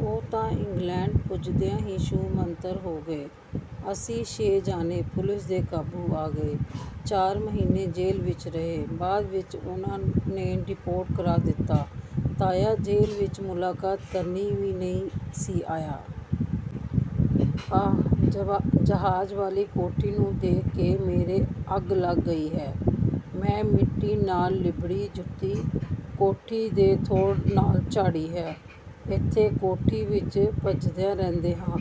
ਉਹ ਤਾਂ ਇੰਗਲੈਂਡ ਪੁੱਜਦਿਆਂ ਈ ਛੂ-ਮੰਤਰ ਹੋ ਗਏ। ਅਸੀਂ ਛੇ ਜਣੇ ਪੁਲਿਸ ਦੇ ਕਾਬੂ ਆ ਗਏ। ਚਾਰ ਮਹੀਨੇ ਜੇਲ੍ਹ ਵਿੱਚ ਰਹੇ। ਬਾਅਦ ਵਿੱਚ ਉਨ੍ਹਾਂ ਨੇ ਡੀਪੋਰਟ ਕਰਾ ਦਿੱਤਾ। ਤਾਇਆ ਜੇਲ੍ਹ ਵਿੱਚ ਮੁਲਾਕਾਤ ਕਰਨੀ ਵੀ ਨਈਂ ਸੀ ਆਇਆ। ਆਹ ਜਹਾਜ਼ ਵਾਲੀ ਕੋਠੀ ਨੂੰ ਦੇਖ ਕੇ ਮੇਰੇ ਅੱਗ ਲੱਗ ਗਈ ਹੈ। ਮੈਂ ਮਿੱਟੀ ਨਾਲ ਲਿਬੜੀ ਜੁੱਤੀ ਕੋਠੀ ਦੇ ਥੋੜ ਨਾਲ ਝਾੜੀ ਹੈ। ਇੱਥੇ ਕੋਠੀ ਵਿੱਚ ਭਜਦਿਆ ਰਹਿੰਦੇ ਹਾ।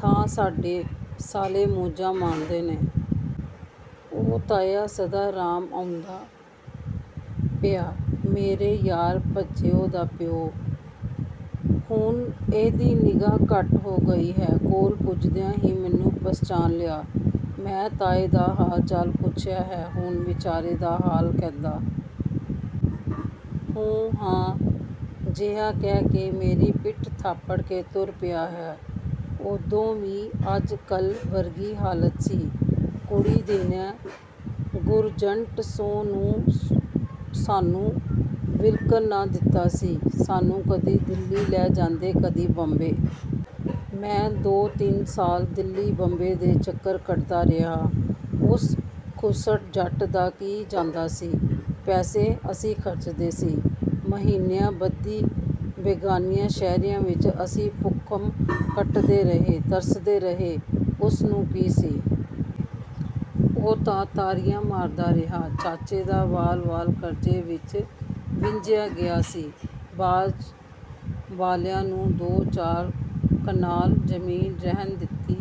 ਥਾਂ ਸਾਡੇ…। ਸਾਲੇ ਮੌਜਾਂ ਮਾਣਦੇ ਹਨ। ਉਹ ਤਾਇਆ ਸਦਾ ਰਾਮ ਆਉਂਦਾ ਪਿਆ। ਮੇਰੇ ਯਾਰ ਭੱਜੋ ਦਾ ਪਿਓ। ਹੁਣ ਇਹਦੀ ਨਿਗ੍ਹਾ ਘੱਟ ਹੋ ਗਈ ਹੈ। ਕੋਲ ਪੁੱਜਦਿਆਂ ਹੀ ਮੈਨੂੰ ਪਛਾਣ ਲਿਆ। ਮੈਂ ਤਾਏ ਦਾ ਹਾਲ ਚਾਲ ਪੁੱਛਿਆ ਹੈ। ਹੁਣ ਵਿਚਾਰੇ ਦਾ ਹਾਲ ਕਹਿੰਦਾ। 'ਹੂੰ-ਹਾਂ' ਜਿਹਾ ਕਹਿਕੇ ਮੇਰੀ ਪਿੱਠ ਥਾਪੜ ਕੇ ਤੁਰ ਪਿਆ ਹੈ। ਉਦੋਂ ਵੀ ਅੱਜ ਕੱਲ੍ਹ ਵਰਗੀ ਹਾਲਤ ਸੀ। ਕੁੜੀ ਦੇਣੇ… ਗੁਰਜੰਟ ਸੁੰਹ ਨੋ ਸਾਨੂੰ ਵਿਕਣ ਲਾ ਦਿੱਤਾ ਸੀ। ਸਾਨੂੰ ਕਦੇ ਦਿੱਲੀ ਲੈ ਜਾਂਦੇ, ਕਦੇ ਬੰਬੇ। ਮੈਂ ਦੋ-ਤਿੰਨ ਸਾਲ ਦਿੱਲੀ-ਬੰਬੇ ਦੇ ਚੱਕਰ ਕੱਟਦਾ ਰਿਹਾ। ਉਸ ਖੁੱਸੜ ਜੱਟ ਦਾ ਕੀ ਜਾਂਦਾ ਸੀ। ਪੈਸੇ ਅਸੀਂ ਖਰਚਦੇ ਸੀ। ਮਹੀਨਿਆਂ ਬੱਧੀ ਬੇਗਾਨਿਆਂ ਸ਼ਹਿਰੀਆ ਵਿੱਚ ਅਸੀਂ ਭੁੱਖਮ ਕੱਟਦੇ ਰਹੇ, ਤਰਸਦੇ ਰਹੇ, ਉਸਨੂੰ ਕੀ ਸੀ? ਉਹ ਤਾਂ ਤਾਰੀਆ ਮਾਰਦਾ ਰਿਹਾ। ਚਾਚੇ ਦਾ ਵਾਲ-ਵਾਲ ਕਰਜ਼ੇ ਵਿੱਚ ਵਿਝਿਆਂ ਗਿਆ ਸੀ। ਬਾਜ਼ ਵਾਲਿਆਂ ਨੂੰ ਦੋ ਚਾਰ ਕਨਾਲ ਜ਼ਮੀਨ ਰਹਿਣ ਦਿੱਤੀ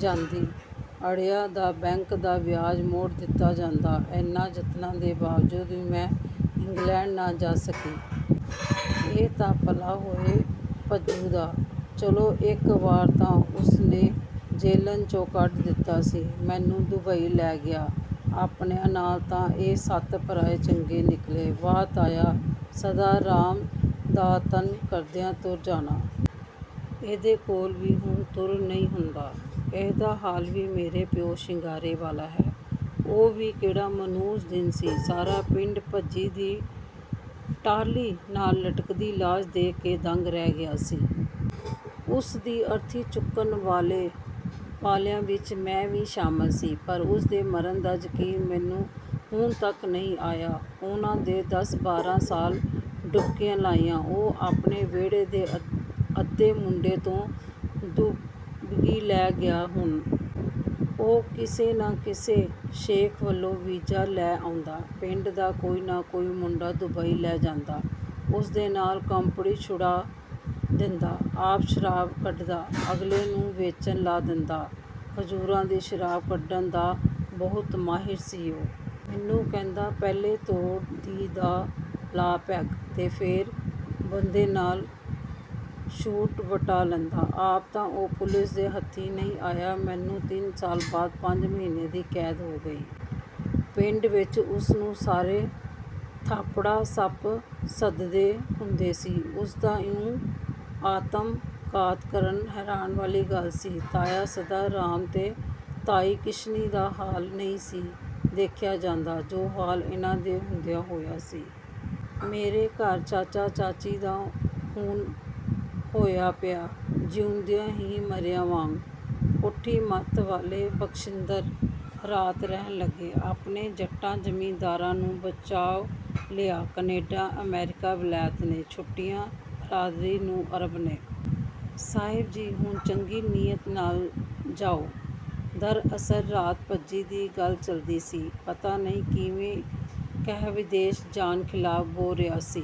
ਜਾਂਦੀ। ਅੜਿਐ ਦਾ… ਬੈਂਕ ਦਾ ਵਿਆਜ਼ ਮੋੜ ਦਿੱਤਾ ਜਾਂਦਾ। ਐਨੇ ਯਤਨਾਂ ਦੇ ਬਾਵਜੂਦ ਵੀ ਮੈਂ ਇੰਗਲੈਂਡ ਨਾ ਜਾ ਸਕਿਆ। ਇਹ ਤੇ ਭਲਾ ਹੋਵੇ ਭੱਜੋ ਦਾ। ਚਲੋ ਇੱਕ ਵਾਰ ਤਾਂ ਉਸਨੇ ਜਿੱਲਣ੍ਹ 'ਚੋਂ ਕੱਢ ਦਿੱਤਾ ਸੀ। ਮੈਨੂੰ ਦੁਬਈ ਲੈ ਗਿਆ। ਆਪਣਿਆਂ ਨਾਲੋਂ ਤਾਂ ਇਹ ਸੱਤ ਪਰਾਏ ਚੰਗੇ ਨਿਕਲੇ। ਵਾਹ ਤਾਇਆ ਸਦਾ ਰਾਮ ਦਾਤਣ ਕਰਦਿਆ ਤੁਰ ਜਾਂਨਾ। ਇਹਦੇ ਕੋਲ ਵੀ ਹੁਣ ਤੁਰ ਨਈਂ ਹੁੰਦਾ। ਇਹਦਾ ਹਾਲ ਵੀ ਮੇਰੇ ਪਿਓ ਸ਼ਿੰਗਾਰੇ ਵਾਲਾ ਹੈ। ਉਹ ਵੀ ਕਿਹੜਾ ਮਨਹੂਸ ਦਿਨ ਸੀ। ਸਾਰਾ ਪਿੰਡ ਭੱਜੀ ਦੀ ਟਾਹਲੀ ਨਾਲ ਲਟਕਦੀ ਲਾਸ਼ ਦੇਖ ਕੇ ਦੰਗ ਰਹਿ ਗਿਆ ਸੀ। ਉਸਦੀ ਅਰਥੀ ਚੁੱਕਣ ਵਾਲਿਆ ਵਿੱਚ ਮੈਂ ਵੀ ਸ਼ਾਮਿਲ ਸੀ। ਪਰ ਉਸਦੇ ਮਰਨ ਦਾ ਯਕੀਨ ਮੈਨੂੰ ਹੁਣ ਤੱਕ ਨਈਂ ਆਇਆ। ਉਹਨਾ ਦੇ ਦਸ-ਬਾਰ੍ਹਾਂ ਸਾਲ ਡੁਬਕੀਆ ਲਾਇਆ। ਉਹ ਆਪਣੇ ਵਿਹੜੇ ਦੇ ਅੱਧੇ ਮੁੰਡੇ ਤੋ ਡੁਬਕੀ ਲੈ ਗਿਆ ਹੋਣ। ਉਹ ਕਿਸੇ ਨਾ ਕਿਸੇ ਸ਼ੇਖ ਕੋਲੋਂ ਵੀਜ਼ਾ ਲੈ ਆਉਂਦਾ। ਪਿੰਡ ਦਾ ਕੋਈ ਨਾ ਕੋਈ ਮੁੰਡਾ ਦੁਬਈ ਲੈ ਜਾਂਦਾ। ਉਸਦੇ ਨਾਲ ਕੰਪਨੀ ਛੁਡਾ ਦਿੰਦਾ। ਆਪ ਸ਼ਰਾਬ ਕੱਢਦਾ। ਅਗਲੇ ਨੂੰ ਵੇਚਣ ਲਾ ਦਿੰਦਾ। ਖਜ਼ੂਰਾਂ ਦੀ ਸ਼ਰਾਬ ਕੱਢਣ ਦਾ ਬਹੁਤ ਮਾਹਿਰ ਸੀ ਉਹ। ਮੈਨੂੰ ਕਹਿੰਦਾ.. "ਪਹਿਲੇ ਤੋੜ ਦੀ ਦਾ ਲਾ ਪੈੱਗ। ਤੇ ਫੇਰ ਬੰਦੇ ਨਾਲ ਸ਼ੂਟ ਵੱਟਾ ਲੈਂਦਾ। " ਆਪ ਤਾਂ ਉਹ ਪੁਲਿਸ ਦੇ ਹੱਥੀ ਨਈਂ ਆਇਆ। ਮੈਨੂੰ ਤਿੰਨ ਸਾਲ ਬਾਅਦ ਪੰਜ ਮਹੀਨੇ ਦੀ ਕੈਦ ਹੋ ਗਈ। ਪਿੰਡ ਵਿੱਚ ਉਸਨੂੰ ਸਾਰੇ 'ਥਾਪੜਾ ਸੱਪ' ਸੱਦਦੇ ਹੁੰਦੇ ਸੀ। ਉਸਦਾ ਇਉਂ ਆਤਮ-ਘਾਤ ਕਰਨ ਹੈਰਾਨ ਵਾਲੀ ਗੱਲ ਸੀ। ਤਾਇਆ ਸਦਾ ਰਾਮ ਤੇ ਤਾਈ ਕਿਸ਼ਨੀ ਦਾ ਹਾਲ ਨਈਂ ਸੀ ਦੇਖਿਆ ਜਾਂਦਾ। ਜੋ ਹਾਲ ਇਨ੍ਹਾਂ ਦੇ ਹੁੰਦਿਆ ਹੋਇਆ ਸੀ। ਮੇਰੇ ਘਰ ਚਾਚਾ ਚਾਚੀ ਦਾ ਹੁਣ ਹੋਇਆ ਪਿਆ। ਜੀਉਂਦਿਆ ਹੀ ਮਰਿਆਂ ਵਾਂਗ। ਪੁੱਠੀ ਮੱਤ ਵਾਲੇ ਬਖਸ਼ਿੰਦਰ ਰਾਤ ਰਹਿਣ ਲੱਗੀ। "ਆਪਣੇ ਜੱਟਾਂ ਜ਼ਿਮੀਦਾਰਾਂ ਨੂੰ ਬਚਾਅ ਲਿਆ ਕਨੈਡਾ, ਅਮਰੀਕਾ, ਵਲੈਤ ਨੇ। ਛੁੱਟੀਆਂ ਦਰੀਆਂ ਨੂੰ ਅਰਬ ਨੇ।… ਸਾਹਿਬ ਜੀ, ਹੁਣ ਚੰਗੀ ਨੀਅਤ ਨਾਲ ਜਾਓ। " ਦਰਅਸਲ ਰਾਤ ਭੱਜੀ ਦੀ ਗੱਲ ਚੱਲਦੀ ਸੀ। ਪਤਾ ਨਈਂ ਕਿਵੇ ਕਹਿ ਵਿਦੇਸ਼ ਜਾਣ ਖਿਲਾਫ਼ ਬੋਲ ਰਿਆ ਸੀ।